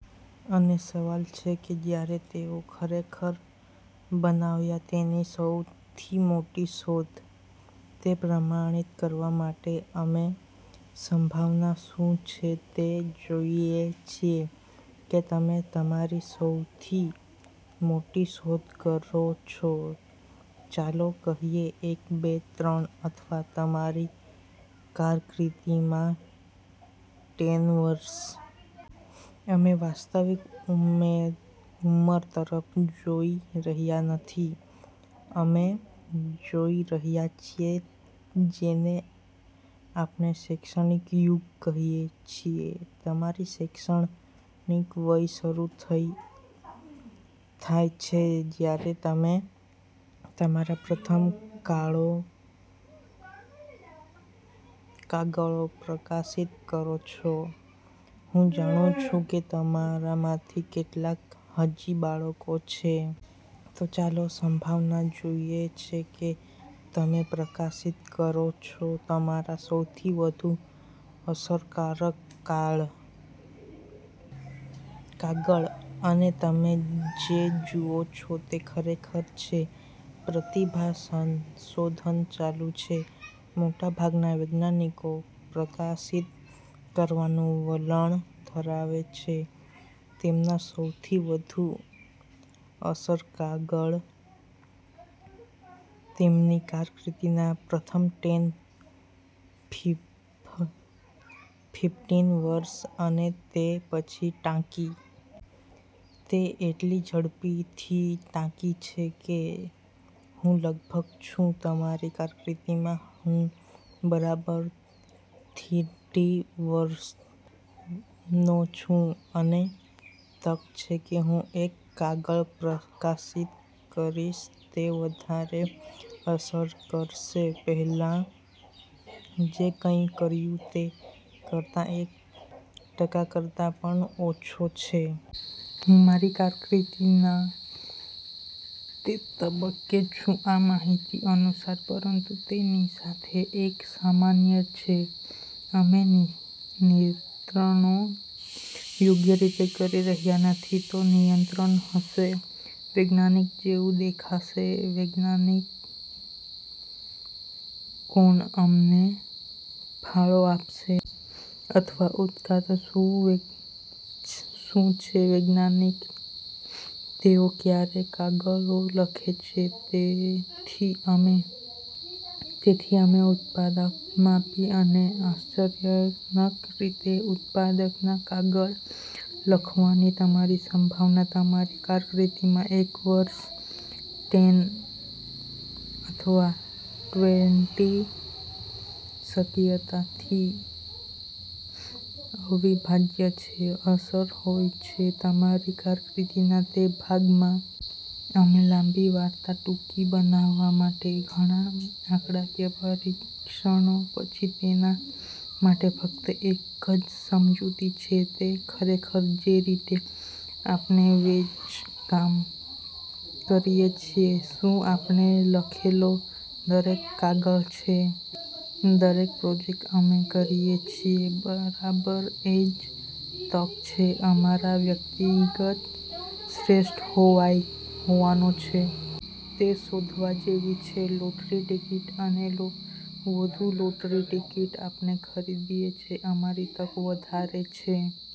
અને સવાલ એ છે કે જ્યારે તેઓ ખરેખર બનાવ્યા તેમની સૌથી મોટી શોધ. તે પ્રમાણિત કરવા માટે અમે સંભાવના શું છે તે જોઈએ છીએ કે તમે તમારી સૌથી મોટી શોધ કરો છો. ચાલો કહીએ એક, બે, ત્રણ અથવા તમારી કારકિર્દીમાં ટેન વર્ષ. અમે વાસ્તવિક ઉંમર તરફ જોઈ રહ્યા નથી. અમે જોઈ રહ્યા છીએ જેને આપણે "શૈક્ષણિક યુગ" કહીએ છીએ. તમારી શૈક્ષણિક વય શરૂ થાય છે જ્યારે તમે તમારા પ્રથમ કાગળો પ્રકાશિત કરો છો. હું જાણું છું કે તમારામાંથી કેટલાક હજી બાળકો છે. તો ચાલો સંભાવના જોઈએ કે જે તમે પ્રકાશિત કરો છો તમારું સૌથી વધુ અસરકારક કાગળ. અને તમે જે જુઓ છો તે ખરેખર છે. પ્રતિભા સંશોધન સાચું છે. મોટાભાગના વૈજ્ઞાનિકો પ્રકાશિત કરવાનું વલણ ધરાવે છે તેમના સૌથી વધુ અસર કાગળ તેમની કારકિર્દીના પ્રથમ ટેન, ફિફટિન વર્ષમાં અને તે પછી ટાંકી. તે એટલી ઝડપથી ટાંકી દે છે કે હું લગભગ છું મારી કારકિર્દીમાં હું બરાબર થીરટી વર્ષનો છું અને તક છે કે હું એક કાગળ પ્રકાશિત કરીશ તે વધારે અસર કરશે પહેલાં જે કંઈપણ કર્યું તે કરતાં એક ટકા કરતા પણ ઓછા છે. હું મારી કારકિર્દીના તે તબક્કે છું આ માહિતી અનુસાર. પરંતુ તેની સાથે એક સમસ્યા છે. અમે નિયંત્રણો યોગ્ય રીતે કરી રહ્યાં નથી. તો નિયંત્રણ હશે, વૈજ્ઞાનિક જેવું દેખાશે, વિજ્ઞાન કોણ અમનેમ ફાળો આપે છે? અથવા ઉત્પાદકતા શું છે વૈજ્ઞાનિકની? તેઓ ક્યારે કાગળો લખે છે? તેથી અમે ઉત્પાદકતા માપી અને આશ્ચર્યજનક રીતે ઉત્પાદકતા કાગળ લખવાની તમારી સંભાવના તમારી કારકિર્દીમાં એક વર્ષ, ટેન અથવા ટ્વેન્ટી શક્યતાથી અવિભાજ્ય છે અસર હોય છે તમારી કારકિર્દીના તે ભાગમાં. અને લાંબી વાર્તા ટૂંકી બનાવવા માટે ઘણાં આંકડાકીય પરીક્ષણો પછી તેના માટે ફક્ત એક જ સમજૂતી છે. તે ખરેખર જે રીતે આપણે વૈજ્ કામ કરીએ છીએ શું આપણે લખેલો દરેક કાગળ છે, દરેક પ્રોજેક્ટ અમે કરીએ છીએ, બરાબર એ જ તક છે અમારા વ્યક્તિગત શ્રેષ્ઠ હોવાનો. તે શોધ જેવી છે લોટરી ટિકિટ અને વધુ લોટરી ટિકિટ આપણે ખરીદે છે, અમારી તકો વધારે છે.